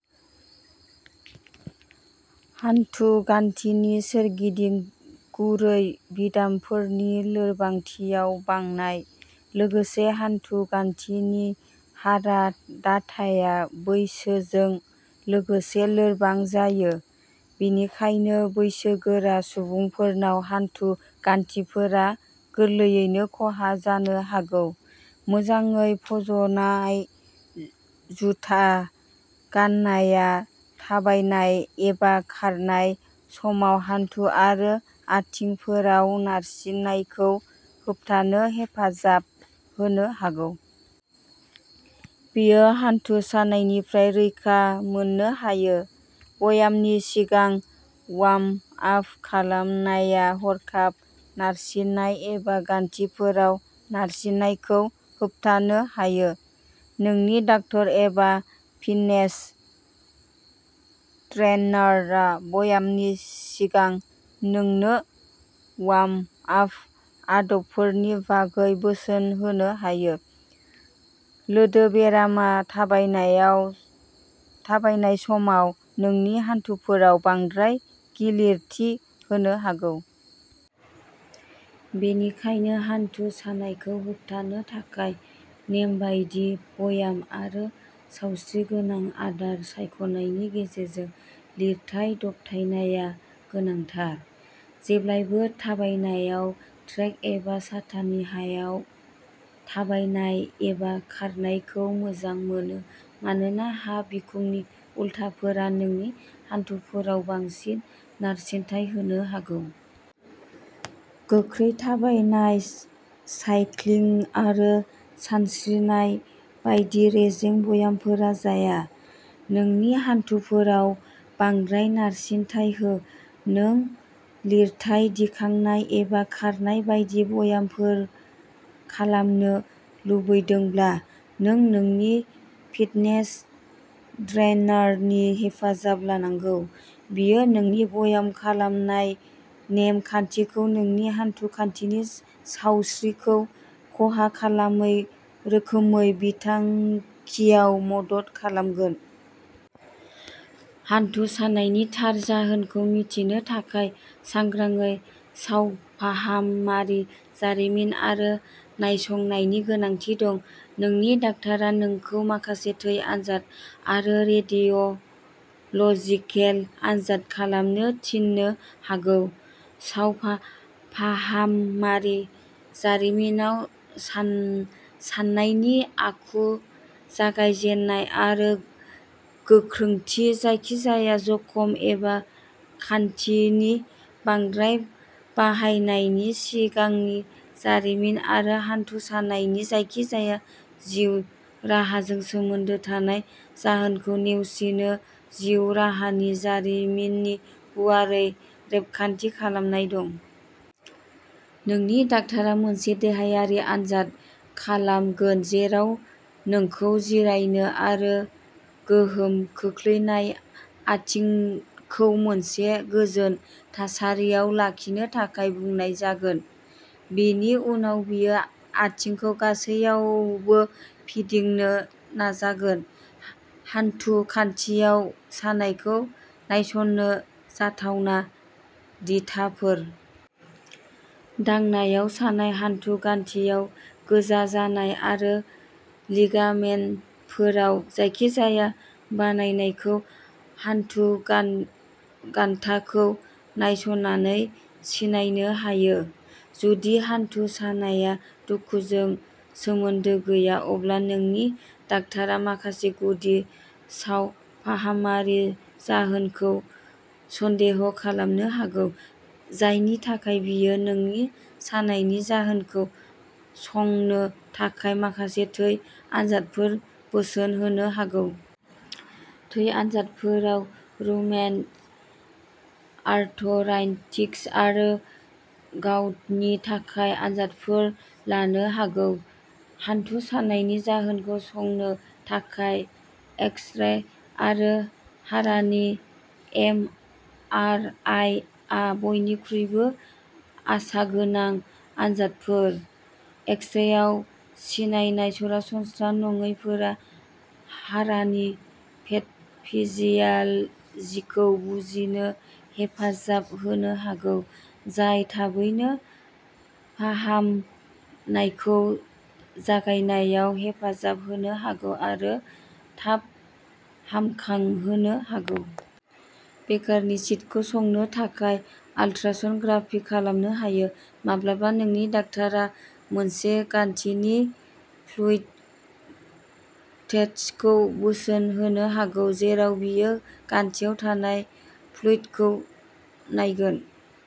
हान्थु गान्थिनि सोरगिदिं गुरै बिदामफोरनि लोरबांथियाव बांनाय। लोगोसे, हान्थु गान्थिनि हारा दाथाया बैसोजों लोगोसे लोरबां जायो। बेनिखायनो, बैसोगोरा सुबुंफोरनाव हान्थु गान्थिफोरा गोरलैयैनो खहा जानो हागौ। मोजाङै फज'नाय जुथा गान्नाया थाबायनाय एबा खारनाय समाव हान्थु आरो आथिंफोराव नारसिननायखौ होबथानो हेफाजाब होनो हागौ। बेयो हान्थु सानायनिफ्राय रैखा मोननो हायो। बयामनि सिगां वार्म-आप खालामनाया हरखाब नारसिननाय एबा गान्थिफोराव नारसिननायखौ होबथानो हायो। नोंनि डाक्टार एबा फिटनेस ट्रेइनारआ बयामनि सिगां नोंनो वार्म-आप आदबफोरनि बागै बोसोन होनो हायो। लोदोबेरामआ थाबायनायाव थाबायनाय समाव नोंनि हान्थुफोराव बांद्राय गिलिरथि होनो हागौ। बेनिखायनो, हान्थु सानायखौ होबथानो थाखाय नेमबादि बयाम आरो सावस्रिगोनां आदार सायख'नायनि गेजेरजों लिरथाइ दबथायनाया गोनांथार। जेब्लाबो थाबायनाय ट्रेक एबा साथानि हायाव थाबायनाय एबा खारनायखौ मोजां मोनो मानोना हा बिखंनि उलथाफोरा नोंनि हान्थुफोराव बांसिन नारसिनथाय होनो हागौ। गोख्रै थाबायनाय, साइक्लिं आरो सानस्रिनाय बायदि रेजें ब्यामफोरा जाया। नोंनि हान्थुफोराव बांद्राय नारसिनथाय हो। नों लिरथाय दिखांनाय एबा खारनाय बायदि ब्यामफोर खालामनो लुबैदोंब्ला, नों नोंनि फिटनेस ट्रेइनारनि हेफाजाब लानांगौ। बियो नोंनि ब्याम खालामनाय नेम-खान्थिखौ नोंनि हान्थु गान्थिनि सावस्रिखौ खहा खालामै रोखोमै बिथांखियाव मदद खालामगोन। हान्थु सानायनि थार जाहोनखौ मिथिनो थाखाय, सांग्राङै सावफाहामारि जारिमिन आरो नायसंनायनि गोनांथि दं। नोंनि डाक्टारआ नोंखौ माखासे थै आनजाद आरो रेडिय' ल'जिकेल आनजाद खालामनो थिननो हागौ। सावफाहामारि जारिमिनाव सान-साननायनि आखु, जागायजेन्नाय आरो गोख्रोंथि, जायखिजाया जखम एबा गान्थिनि बांद्राय बाहायनायनि सिगांनि जारिमिन आरो हान्थु सानायनि जायखिजाया जिउ राहाजों सोमोन्दो थानाय जाहोनखौ नेवसिनो जिउ राहानि जारिमिननि गुवारै रेबगान्थि खालामनाय दं। नोंनि डाक्टारआ मोनसे देहायारि आनजाद खालामगोन जेराव नोंखौ जिरायनो आरो गोहोम खोख्लैजानाय आथिंखौ मोनसे गोजोन थासारियाव लाखिनो थाखाय बुंनाय जागोन। बेनि उनाव बियो आथिंखौ गासैयावबो फिदिंनो नाजागोन। हानथु गान्थिआव सानायखौ नायसंनो जाथावना दिथाफोर। दांनायाव सानाय, हानथु गान्थिआव गोजा जानाय, आरो लिगामेन्टफोराव जायखिजाया बानायनायखौ हानथु गान-गान्थाखौ नायसंनानै सिनायनो हायो। जुदि हान्थु सानाया दुखुजों सोमोन्दो गैया, अब्ला नोंनि डाक्टारआ माखासे गुदि सावफाहामारि जाहोनखौ सन्देह खालामनो हागौ, जायनि थाखाय बियो नोंनि सानायनि जाहोनखौ संनो थाखाय माखासे थै आनजादफोर बोसोन होनो हागौ। थै आनजादफोराव रुमेटइड आर्थराइटिक्स आरो गाउटनि थाखाय आनजादफोर लाफानो हागौ। हानथु सानायनि जाहोनखौ संनो थाखाय एक्स-रे आरो हारानि एम आर आइ आ बयनिख्रुइबो आसागोनां आनजादफोर। एक्स-रेआव सिनायजानाय सरासनस्रा नङैफोरा हारानि पेथ'फिजियालजिखौ बुजिनो हेफाजाब होनो हागौ, जाय थाबैनो फाहामनायखौ जागायनायाव हेफाजाब होनो हागौ आरो थाब हामखांहोनो हागौ। बेकारनि सिस्टखौ संनो थाखाय आल्ट्रासन'ग्राफि खालामनो हायो। माब्लाबा, नोंनि डाक्टारआ मोनसे गान्थिनि फ्लुइड टेस्टखौ बोसोन होनो हागौ जेराव बियो गान्थिआव थानाय फ्लुइड खौ नायगोन।